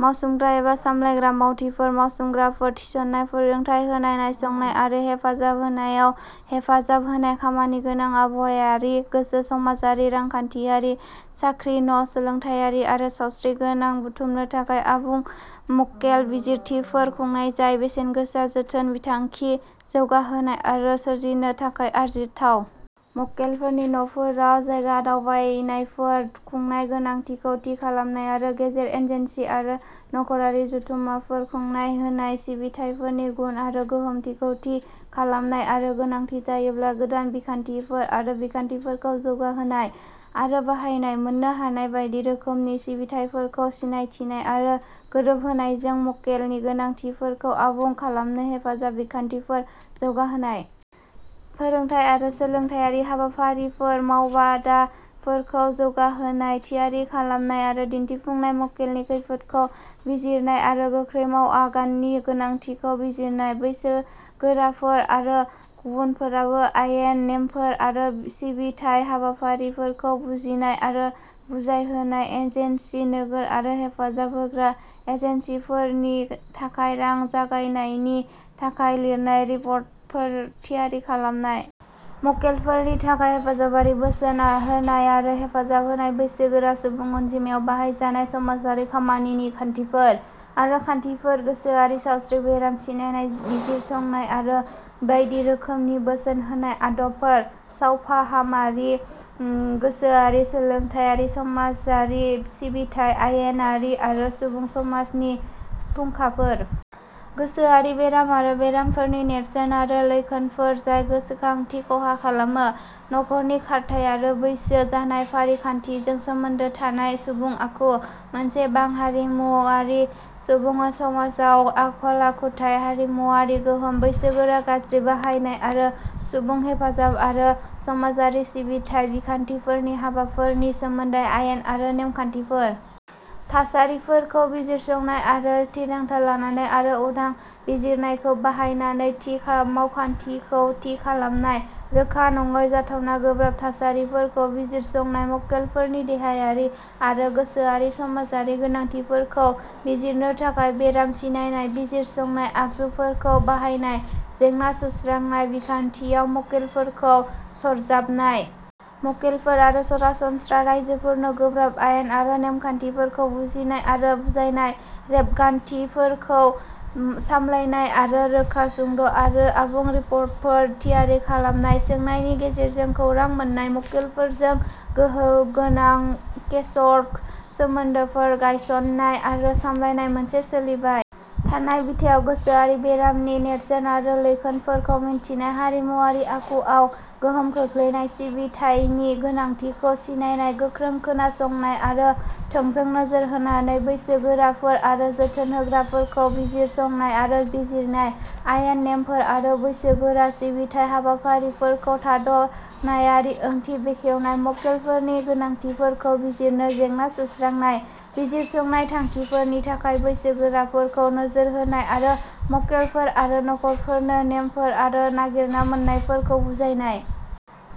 मावसोमग्रा एबा सामलायग्रा मावथिफोर। मावसोमग्राफोर थिसननाय, फोरोंथाय होनाय, नायसंनाय आरो हेफाजाब होनायाव हेफाजाब होनाय। खामानिगोनां, आबहावायारि, गोसो-समाजारि, रांखान्थियारि, साख्रि, न' सोलोंथायारि आरो सावस्रि खौरां बुथुमनो थाखाय आबुं मक्केल बिजिरथिफोर खुंनाय, जाय बेसेनगोसा जोथोन बिथांखि जौगाहोनाय आरो सोरजिनो थाखाय आरजिथाव। मक्केलफोरनि न'फोराव जायगा दावबायनायफोर खुंनाय। गोनांथिखौ थि खालामनाय आरो गेजेर-एजेन्सि आरो नखरारि जथुममाफोर खुंनाय। होनाय सिबिथाइफोरनि गुन आरो गोहोमथिखौ थि खालामनाय आरो गोनांथि जायोब्ला, गोदान बिखान्थिफोर आरो बिखान्थिफोरखौ जौगाहोनाय आरो बाहायनाय। मोननो हानाय बायदि रोखोमनि सिबिथाइफोरखौ सिनायथिनाय आरो गोरोबहोनायजों मक्केलनि गोनांथिफोरखौ आबुं खालामनो हेफाजाब बिखान्थिफोर जौगाहोनाय। फोरोंथाय आरो सोलोंथायारि हाबाफारिफोर मावबादाफोरखौ जौगाहोनाय, थियारि खालामनाय आरो दिन्थिफुंनाय। मक्केलनि खैफोदखौ बिजिरनाय आरो गोख्रै मावआगाननि गोनांथिखौ बिजिरनाय। बैसोगोराफोर आरो गुबुनफोरनो आयेन, नेमफोर आरो सिबिथाइ हाबाफारिफोरखौ बुजिनाय आरो बुजायहोनाय। एजेन्सि, नोगोर आरो हेफाजाब होग्रा एजेन्सिफोरनि थाखाय रां जगायनायनि थाखाय लिरनाय रिपर्टफोर थियारि खालामनाय। मक्केलफोरनि थाखाय हेफाजाबारि बोसोन होनाय आरो हेफाजाब होनाय। बैसोगोरा सुबुं अनजिमायाव बाहायजानाय समाजारि खामानिनि खान्थिफोर आरो खान्थिफोर गोसोआरि सावस्रि, बेराम सिनायनाय बिजिरसंनाय आरो बायदि रोखोमनि बोसोन होनाय आदबफोर। सावफाहामारि, गोसोआरि, सोलोंथायारि, समाजारि सिबिथाइ, आयेनारि आरो सुबुं समाजनि फुंखाफोर। गोसोआरि बेराम आरो बेरामफोरनि नेरसोन आरो लैखोनफोर जाय गोसोखांथि खहा खालामो; नखरनि खारथाइ, आरो बैसो जानाय फारिखान्थिजों सोमोन्दो थानाय सुबुं आखु। मोनसे बां-हारिमुआरि सुबुं समाजाव आखल-आखुथाइ हारिमुआरि गोहोम। बैसोगोरा गाज्रि बाहायनाय आरो सुबुं हेफाजाब आरो समाजारि सिबिथाइ बिखान्थिफोरनि हाबाफोरनि सोमोन्दै आयेन आरो नेम-खान्थिफोर। थासारिफोरखौ बिजिरसंनाय आरो थिरांथा लानानै आरो उदां बिजिरनायखौ बाहायनानै थि मावखान्थिखौ थि खालामनाय। रोखा नङै, जाथावना गोब्राब थासारिफोरखौ बिजिरसंनाय, मक्केलफोरनि देहायारि आरो गोसोआरि समाजारि गोनांथिफोरखौ बिजिरनो थाखाय बेराम सिनायनाय बिजिरसंनाय आगजुफोरखौ बाहायनाय। जेंना सुस्रांनाय बिखान्थियाव मक्केलफोरखौ सरजाबनाय। मक्केलफोर आरो सरासनस्रा राइजोफोरनो गोब्राब आयेन आरो नेमखान्थिफोरखौ बुजिनाय आरो बुजायनाय। रेबगान्थिफोरखौ सामलायनाय आरो रोखा, सुंद'आरो आबुं रिपर्टफोर थियारि खालामनाय। सोंनायनि गेजेरजों खौरां मोन्नाय; मक्केलफोरजों गोहोगोनां केसवर्क सोमोन्दोफोर गायसन्नाय आरो सामलायनाय। मोनसे सोलिबाय थानाय बिथायाव, गोसोआरि बेरामनि नेरसोन आरो लैखोनफोरखौ मिन्थिनाय; हारिमुआरि आखुआव गोहोम खोख्लैनाय; सिबिथायनि गोनांथिखौ सिनायनाय; गोख्रों खोनासंनाय आरो थोंजों नोजोर होनानै बैसोगोराफोर आरो जोथोन होग्राफोरखौ बिजिरसंनाय आरो बिजिरनाय; आयेन, नेमफोर आरो बैसोगोरा सिबिथाइ हाबाफारिफोरखौ थाद नायारि ओंथि बेखेवनाय; मक्केलफोरनि गोनांथिफोरखौ बिजिरनो जेंना सुस्रांनाय; बिजिरसंनाय थांखिफोरनि थाखाय बैसोगोराफोरखौ नोजोर होनाय; आरो मक्केलफोर आरो नखरफोरनो नेमफोर आरो नागिरना मोन्नायफोरखौ बुजायनाय।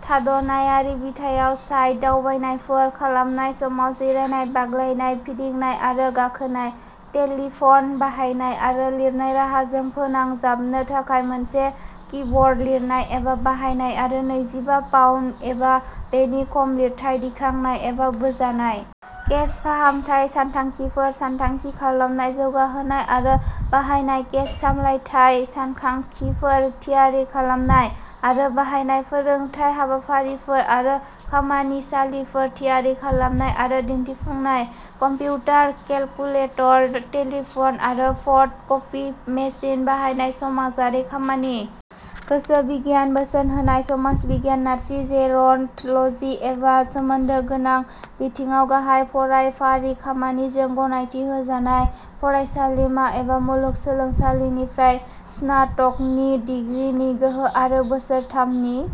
थाद नायारि बिथायाव, साइट दावबायनायफोर खालामनाय समाव जिरायनाय, बाग्लायनाय, फिदिंनाय आरो गाखोनाय, टेलिफन बाहायनाय, आरो लिरनाय राहाजों फोनांजाबनो थाखाय मोनसे कीबर्ड लिरनाय एबा बाहायनाय, आरो नैजिबा पाउन्द एबा बेनि खम लिरथाय दिखांनाय एबा बोजानाय। केस फाहामथाय सानथांखिफोर सानथांखि खालामनाय, जौगाहोनाय, आरो बाहायनाय। केस सामलायथाय सानथांखिफोर थियारि खालामनाय आरो बाहायनाय। फोरोंथाय हाबाफारिफोर आरो खामानिसालिफोर थियारि खालामनाय आरो दिन्थिफुंनाय। कम्पिउटार, केलकुलेटर, टेलिफन आरो फट कपि मेसिन बाहायनाय समाजारि खामानि -- गोसो बिगियान, बोसोन होनाय, समाज बिगियान, नार्सिं, जेरन्ट'लजि एबा सोमोन्दो गोनां बिथिङाव गाहाय फरायफारि खामानिजों गनायथि होजानाय फरायसालिमा एबा मुलुग सोलोंसालिनिफ्राय स्नातकनि डिग्रीनि गोहो आरो बोसोरथामनि --